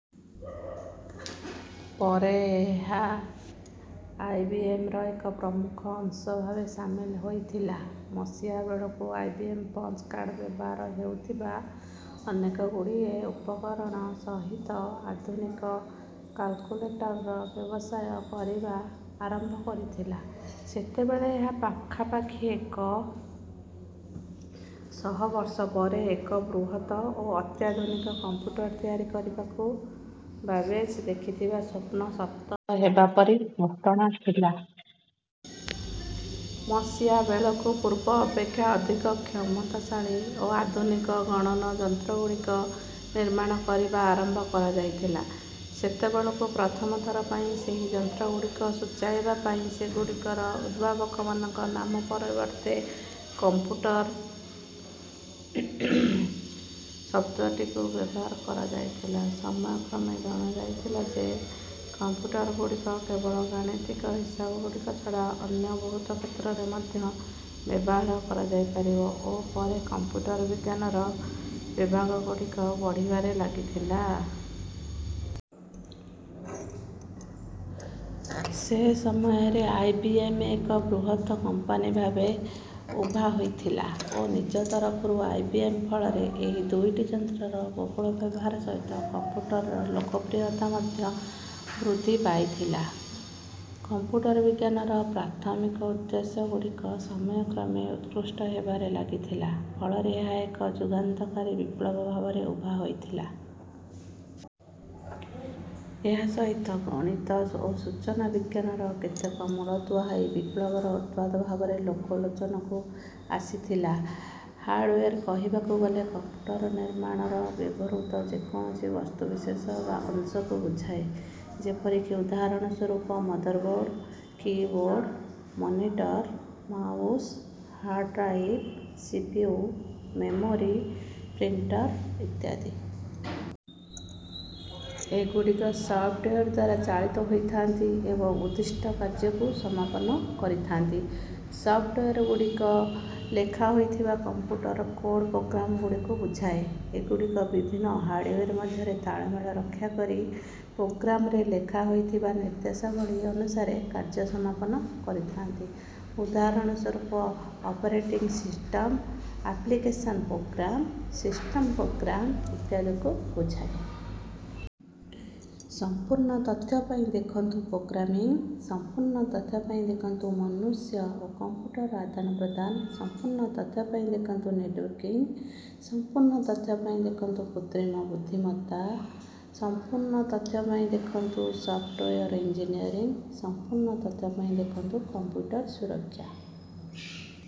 ପରେ ଏହା ଆଇବିଏମର ଏକ ପ୍ରମୁଖ ଅଂଶ ଭାବେ ସାମିଲ ହୋଇଥିଲା। ମସିହା ବେଳକୁ ଆଇବିଏମ ପଞ୍ଚ କାର୍ଡ ବ୍ୟବହାର ହେଉଥିବା ଅନେକଗୁଡ଼ିଏ ଉପକରଣ ସହିତ ଆଧୁନିକ କାଲକୁଲେଟରର ବ୍ୟବସାୟ କରିବା ଆରମ୍ଭ କରିଥିଲା। ସେତେବେଳେ ଏହା ପାଖାପାଖି ଏକ ଶହ ବର୍ଷ ପରେ ଏକ ବୃହତ ଓ ଅତ୍ୟାଧୁନିକ କମ୍ପ୍ୟୁଟର ତିଆରି କରିବାକୁ ବାବେଜ ଦେଖିଥିବା ସ୍ୱପ୍ନ ସତ ହେବା ପରି ଘଟଣା ଥିଲା। ମସିହା ବେଳକୁ ପୂର୍ବ ଅପେକ୍ଷା ଅଧିକ କ୍ଷମତାଶାଳୀ ଓ ଆଧୁନିକ ଗଣନ ଯନ୍ତ୍ରଗୁଡ଼ିକ ନିର୍ମାଣ କରିବା ଆରମ୍ଭ କରାଯାଇଥିଲା। ସେତେବେଳକୁ ପ୍ରଥମ ଥର ପାଇଁ ସେହି ଯନ୍ତ୍ରଗୁଡ଼ିକୁ ସୂଚାଇବା ପାଇଁ ସେଗୁଡ଼ିକର ଉଦ୍ଭାବକମାନଙ୍କ ନାମ ପରିବର୍ତ୍ତେ କମ୍ପ୍ୟୁଟର ଶବ୍ଦଟିକୁ ବ୍ୟବହାର କରାଯାଇଥିଲା। ସମୟକ୍ରମେ ଜଣାଯାଇଥିଲା ଯେ କମ୍ପ୍ୟୁଟରଗୁଡ଼ିକୁ କେବଳ ଗାଣିତିକ ହିସାବଗୁଡ଼ିକ ଛଡ଼ା ଅନ୍ୟ ବହୁତ କ୍ଷେତ୍ରରେ ମଧ୍ୟ ବ୍ୟବହାର କରାଯାଇପାରିବ, ଓ ପରେ କମ୍ପ୍ୟୁଟର ବିଜ୍ଞାନର ବିଭାଗଗୁଡ଼ିକ ବଢ଼ିବାରେ ଲାଗିଥିଲା। ସେ ସମୟରେ ଆଇବିଏମ ଏକ ବୃହତ କମ୍ପାନୀ ଭାବେ ଉଭା ହୋଇଥିଲା, ଓ ନିଜ ତରଫରୁ ଆଇବିଏମ ଫଳରେ ଏହି ଦୁଇଟି ଯନ୍ତ୍ରର ବହୁଳ ବ୍ୟବହାର ସହିତ କମ୍ପ୍ୟୁଟରର ଲୋକପ୍ରିୟତା ମଧ୍ୟ ବୃଦ୍ଧି ପାଇଥିଲା। କମ୍ପ୍ୟୁଟର ବିଜ୍ଞାନର ପ୍ରାଥମିକ ଉଦ୍ଦେଶ୍ୟଗୁଡ଼ିକ ସମୟକ୍ରମେ ଉତ୍କୃଷ୍ଟ ହେବାରେ ଲାଗିଥିଲା, ଫଳରେ ଏହା ଏକ ଯୁଗାନ୍ତକାରୀ ବିପ୍ଲବ ଭାବରେ ଉଭା ହୋଇଥିଲା। ଏହା ସହିତ ଗଣିତ ଓ ସୂଚନା ବିଜ୍ଞାନର କେତେକ ମୂଳଦୁଆ ଏହି ବିପ୍ଳବର ଉତ୍ପାଦ ଭାବରେ ଲୋକଲୋଚନକୁ ଆସିଥିଲା। ହାର୍ଡୱେର କହିବାକୁ ଗଲେ କମ୍ପ୍ୟୁଟର ନିର୍ମାଣରେ ବ୍ୟବହୃତ ଯେକୌଣସି ବସ୍ତୁବିଶେଷ ବା ଅଂଶକୁ ବୁଝାଏ। ଯେପରିକି ଉଦାହରଣ ସ୍ୱରୂପ motherboard, keyboard, monitor, mouse, hard drive, CPU, memory, printer ଇତ୍ୟାଦି। ଏଗୁଡ଼ିକ ସଫ୍ଟୱେର ଦ୍ୱାରା ଚାଳିତ ହୋଇଥାନ୍ତି ଏବଂ ଉଦ୍ଦିଷ୍ଟ କାର୍ଯ୍ୟକୁ ସମାପନ କରିଥାନ୍ତି। ସଫ୍ଟୱେରଗୁଡ଼ିକ ଲେଖା ହୋଇଥିବା କମ୍ପ୍ୟୁଟର କୋଡ଼ ପ୍ରୋଗ୍ରାମଗୁଡ଼ିକୁ ବୁଝାଏ। ଏଗୁଡ଼ିକ ବିଭିନ୍ନ ହାର୍ଡୱେର ମଧ୍ୟରେ ତାଳମେଳ ରକ୍ଷା କରି ପ୍ରୋଗ୍ରାମରେ ଲେଖା ହୋଇଥିବା ନିର୍ଦ୍ଦେଶାବଳୀ ଅନୁସାରେ କାର୍ଯ୍ୟ ସମାପନ କରିଥାନ୍ତି। ଉଦାହରଣ ସ୍ୱରୂପ operating system, application program, system program ଇତ୍ୟାଦିଙ୍କୁ ବୁଝାଏ। ସମ୍ପୂର୍ଣ୍ଣ ତଥ୍ୟ ପାଇଁ ଦେଖନ୍ତୁ ପ୍ରୋଗ୍ରାମିଂ, ସମ୍ପୂର୍ଣ୍ଣ ତଥ୍ୟ ପାଇଁ ଦେଖନ୍ତୁ ମନୁଷ୍ୟ ଓ କମ୍ପ୍ୟୁଟର ଆଦାନପ୍ରଦାନ, ସମ୍ପୂର୍ଣ୍ଣ ତଥ୍ୟ ପାଇଁ ଦେଖନ୍ତୁ ନେଟୱର୍କିଂ, ସମ୍ପୂର୍ଣ୍ଣ ତଥ୍ୟ ପାଇଁ ଦେଖନ୍ତୁ କୃତ୍ରିମ ବୁଦ୍ଧିମତ୍ତା, ସମ୍ପୂର୍ଣ୍ଣ ତଥ୍ୟ ପାଇଁ ଦେଖନ୍ତୁ ସଫ୍ଟୱେର ଇଞ୍ଜିନିୟରିଂ, ସମ୍ପୂର୍ଣ୍ଣ ତଥ୍ୟ ପାଇଁ ଦେଖନ୍ତୁ କମ୍ପ୍ୟୁଟର ସୁରକ୍ଷା।